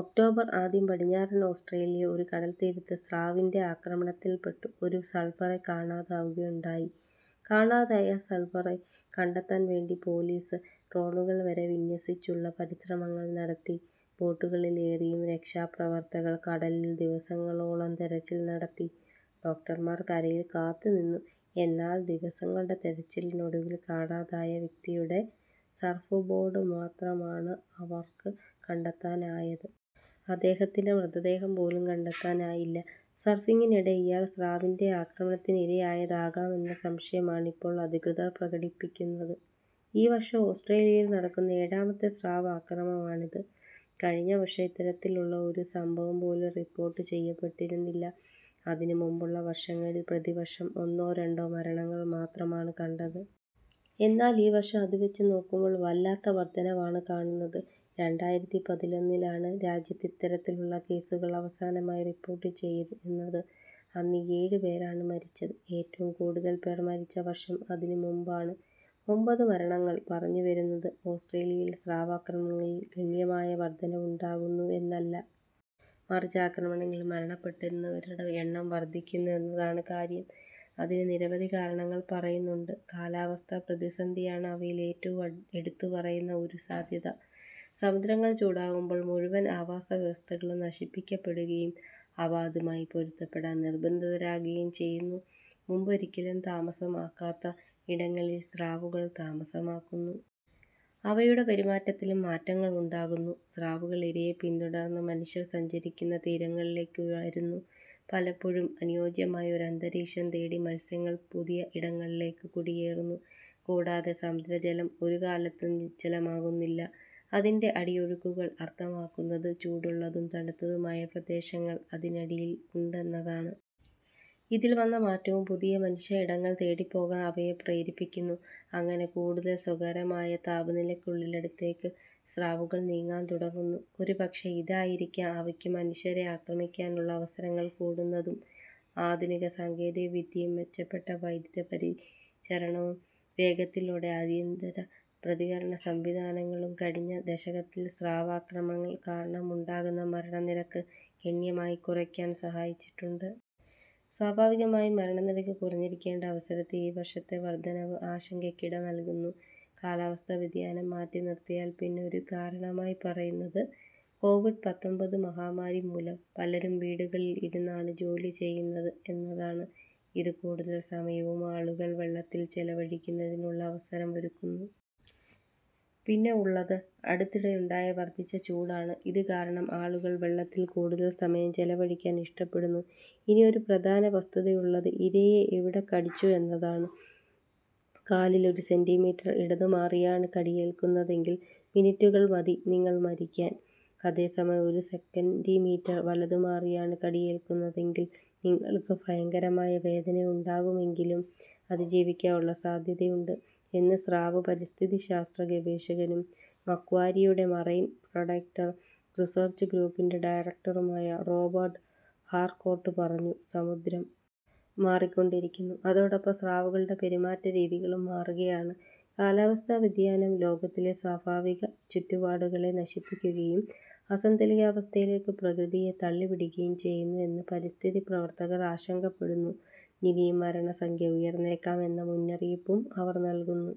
October ആദ്യം പടിഞ്ഞാറൻ ഓസ്ട്രേലിയയിലെ ഒരു കടൽത്തീരത്ത് സ്രാവിൻ്റെ ആക്രമണത്തിൽപ്പെട്ട് ഒരു സർഫറെ കാണാതാവുകയുണ്ടായി. കാണാതായ സർഫറെ കണ്ടെത്താൻ വേണ്ടി പൊലീസ് ഡ്രോണുകൾ വരെ വിന്യസിച്ചുള്ള പരിശ്രമങ്ങൾ നടത്തി. ബോട്ടുകളിലേറിയും രക്ഷാപ്രവർത്തകർ കടലിൽ ദിവസങ്ങളോളം തെരച്ചിൽ നടത്തി. ഡോക്ടർമാർ കരയിൽ കാത്തുനിന്നു. എന്നാൽ ദിവസങ്ങളുടെ തെരച്ചിലിനൊടുവിൽ കാണാതായ വ്യക്തിയുടെ സർഫ്ബോർഡ് മാത്രമാണ് അവർക്ക് കണ്ടെത്താനായത്. അദ്ദേഹത്തിൻ്റെ മൃതദേഹം പോലും കണ്ടെത്താനായില്ല. സർഫിങ്ങിനിടെ ഇയാൾ സ്രാവിൻ്റെ ആക്രമണത്തിന് ഇരയായതാകാം എന്ന സംശയമാണ് ഇപ്പോൾ അധികൃതർ പ്രകടിപ്പിക്കുന്നത്.ഈ വർഷം ഓസ്ട്രേലിയയിൽ നടക്കുന്ന ഏഴാമത്തെ സ്രാവ് ആക്രമണമാണിത്. കഴിഞ്ഞ വർഷം ഇത്തരത്തിലുള്ള ഒരു സംഭവം പോലും റിപ്പോർട്ട് ചെയ്യപ്പെട്ടിരുന്നില്ല. അതിനുമുമ്പുള്ള വർഷങ്ങളിൽ പ്രതിവർഷം ഒന്നോ രണ്ടോ മരണങ്ങൾ മാത്രമാണ് കണ്ടത്. എന്നാൽ ഈ വർഷം അതുവച്ച് നോക്കുമ്പോൾ വല്ലാത്ത വർധനവാണ് കാണുന്നത്. രണ്ടായിരത്തി പതിനൊന്നിലാണ് രാജ്യത്ത് ഇത്തരത്തിലുള്ള കേസുകൾ അവസാനമായി റിപ്പോർട്ട് ചെയ്യുന്നത്. അന്ന് ഏഴ് പേരാണ് മരിച്ചത്. ഏറ്റവും കൂടുതൽ പേർ മരിച്ച വർഷം അതിനു മുമ്പാണ്. ഒമ്പത് മരണങ്ങൾ. പറഞ്ഞുവരുന്നത് ഓസ്ട്രേലിയയിൽ സ്രാവ് ആക്രമണങ്ങളിൽ ഗണ്യമായ വർധനവുണ്ടാകുന്നു എന്നല്ല. മറിച്ച് ആക്രമണങ്ങളിൽ മരണപ്പെടുന്നവരുടെ എണ്ണം വർധിക്കുന്നു എന്നതാണ് കാര്യം. അതിന് നിരവധി കാരണങ്ങൾ പറയുന്നുണ്ട്. കാലാവസ്ഥാ പ്രതിസന്ധിയാണ് അവയിൽ ഏറ്റവും എടുത്തുപറയുന്ന ഒരു സാധ്യത. സമുദ്രങ്ങൾ ചൂടാകുമ്പോൾ മുഴുവൻ ആവാസവ്യവസ്ഥകളും നശിപ്പിക്കപ്പെടുകയും അവ അതുമായി പൊരുത്തപ്പെടാൻ നിർബന്ധിതരാകുകയും ചെയ്യുന്നു. മുമ്പൊരിക്കലും താമസമാക്കാത്ത ഇടങ്ങളിൽ സ്രാവുകൾ താമസമാക്കുന്നു. അവയുടെ പെരുമാറ്റത്തിലും മാറ്റങ്ങൾ ഉണ്ടാകുന്നു. സ്രാവുകൾ ഇരയെ പിന്തുടർന്ന് മനുഷ്യർ സഞ്ചരിക്കുന്ന തീരങ്ങളിലേക്ക് വരുന്നു. പലപ്പോഴും അനുയോജ്യമായ ഒരു അന്തരീക്ഷം തേടി മത്സ്യങ്ങൾ പുതിയ ഇടങ്ങളിലേക്ക് കുടിയേറുന്നു. കൂടാതെ സമുദ്രജലം ഒരു കാലത്തും നിശ്ചലമാകുന്നില്ല. അതിൻ്റെ അടിയൊഴുക്കുകൾ അർത്ഥമാക്കുന്നത് ചൂടുള്ളതും തണുത്തതുമായ പ്രദേശങ്ങൾ അതിനിടയിൽ ഉണ്ട് എന്നതാണ്. ഇതിൽ വന്ന മാറ്റവും പുതിയ മനുഷ്യ ഇടങ്ങൾ തേടിപ്പോകാൻ അവയെ പ്രേരിപ്പിക്കുന്നു. അങ്ങനെ കൂടുതൽ സുഖകരമായ താപനിലയുള്ളിടത്തേക്ക് സ്രാവുകൾ നീങ്ങാൻ തുടങ്ങുന്നു. ഒരുപക്ഷേ ഇതായിരിക്കാം അവയ്ക്ക് മനുഷ്യരെ ആക്രമിക്കാനുള്ള അവസരങ്ങൾ കൂടുന്നതും. ആധുനിക സാങ്കേതികവിദ്യയും മെച്ചപ്പെട്ട വൈദ്യപരിചരണവും വേഗത്തിലുള്ള അടിയന്തര പ്രതികരണ സംവിധാനങ്ങളും കഴിഞ്ഞ ദശകത്തിൽ സ്രാവ് ആക്രമണങ്ങൾ കാരണമുണ്ടാകുന്ന മരണനിരക്ക് ഗണ്യമായി കുറയ്ക്കാൻ സഹായിച്ചിട്ടുണ്ട്. സ്വാഭാവികമായും മരണനിരക്ക് കുറഞ്ഞിരിക്കേണ്ട അവസരത്തിൽ ഈ വർഷത്തെ വർധനവ് ആശങ്കയ്ക്ക് ഇട നൽകുന്നു. കാലാവസ്ഥാ വ്യതിയാനം മാറ്റിനിർത്തിയാൽ പിന്നെ ഒരു കാരണമായി പറയുന്നത് കോവിഡ് പത്തൊമ്പത് മഹാമാരി മൂലം പലരും വീടുകളിൽ ഇരുന്നാണ് ജോലി ചെയ്യുന്നത് എന്നതാണ്. ഇത് കൂടുതൽ സമയവും ആളുകൾ വെള്ളത്തിൽ ചെലവഴിക്കുന്നതിനുള്ള അവസരമൊരുക്കുന്നു. പിന്നെ ഉള്ളത് അടുത്തിടെയുണ്ടായ വർധിച്ച ചൂടാണ്. ഇതുകാരണം ആളുകൾ വെള്ളത്തിൽ കൂടുതൽ സമയം ചെലവഴിക്കാൻ ഇഷ്ടപ്പെടുന്നു. ഇനി ഒരു പ്രധാനപ്പെട്ട വസ്തുതയുള്ളത് ഇരയെ എവിടെ കടിച്ചു എന്നതാണ്. കാലിൽ ഒരു സെന്റിമീറ്റർ ഇടതുമാറിയാണ് കടിയേൽക്കുന്നതെങ്കിൽ മിനിറ്റുകൾ മതി നിങ്ങൾ മരിക്കാൻ. അതേസമയം ഒരു സെന്റിമീറ്റർ വലതുമാറിയാണ് കടിയേൽക്കുന്നതെങ്കിൽ നിങ്ങൾക്ക് ഭയങ്കരമായ വേദനയുണ്ടാകുമെങ്കിലും അതിജീവിക്കാനുള്ള സാധ്യതയുണ്ട് എന്ന് സ്രാവ് പരിസ്ഥിതിശാസ്ത്ര ഗവേഷകനും മക്വാരിയുടെ മറൈൻ പ്രെഡേറ്റർ റിസർച്ച് ഗ്രൂപ്പിൻ്റെ ഡയറക്ടറുമായ റോബർട്ട് ഹാർകോർട്ട് പറഞ്ഞു. സമുദ്രം മാറിക്കൊണ്ടിരിക്കുന്നു. അതോടൊപ്പം സ്രാവുകളുടെ പെരുമാറ്റരീതികളും മാറുകയാണ്. കാലാവസ്ഥാ വ്യതിയാനം ലോകത്തിലെ സ്വാഭാവിക ചുറ്റുപാടുകളെ നശിപ്പിക്കുകയും അസന്തുലിതാവസ്ഥയിലേക്ക് പ്രകൃതിയെ തള്ളിവിടുകയും ചെയ്യുന്നു എന്ന് പരിസ്ഥിതി പ്രവർത്തകർ ആശങ്കപ്പെടുന്നു. ഇനിയും മരണസംഖ്യ ഉയർന്നേക്കാം എന്ന മുന്നറിയിപ്പും അവർ നൽകുന്നു.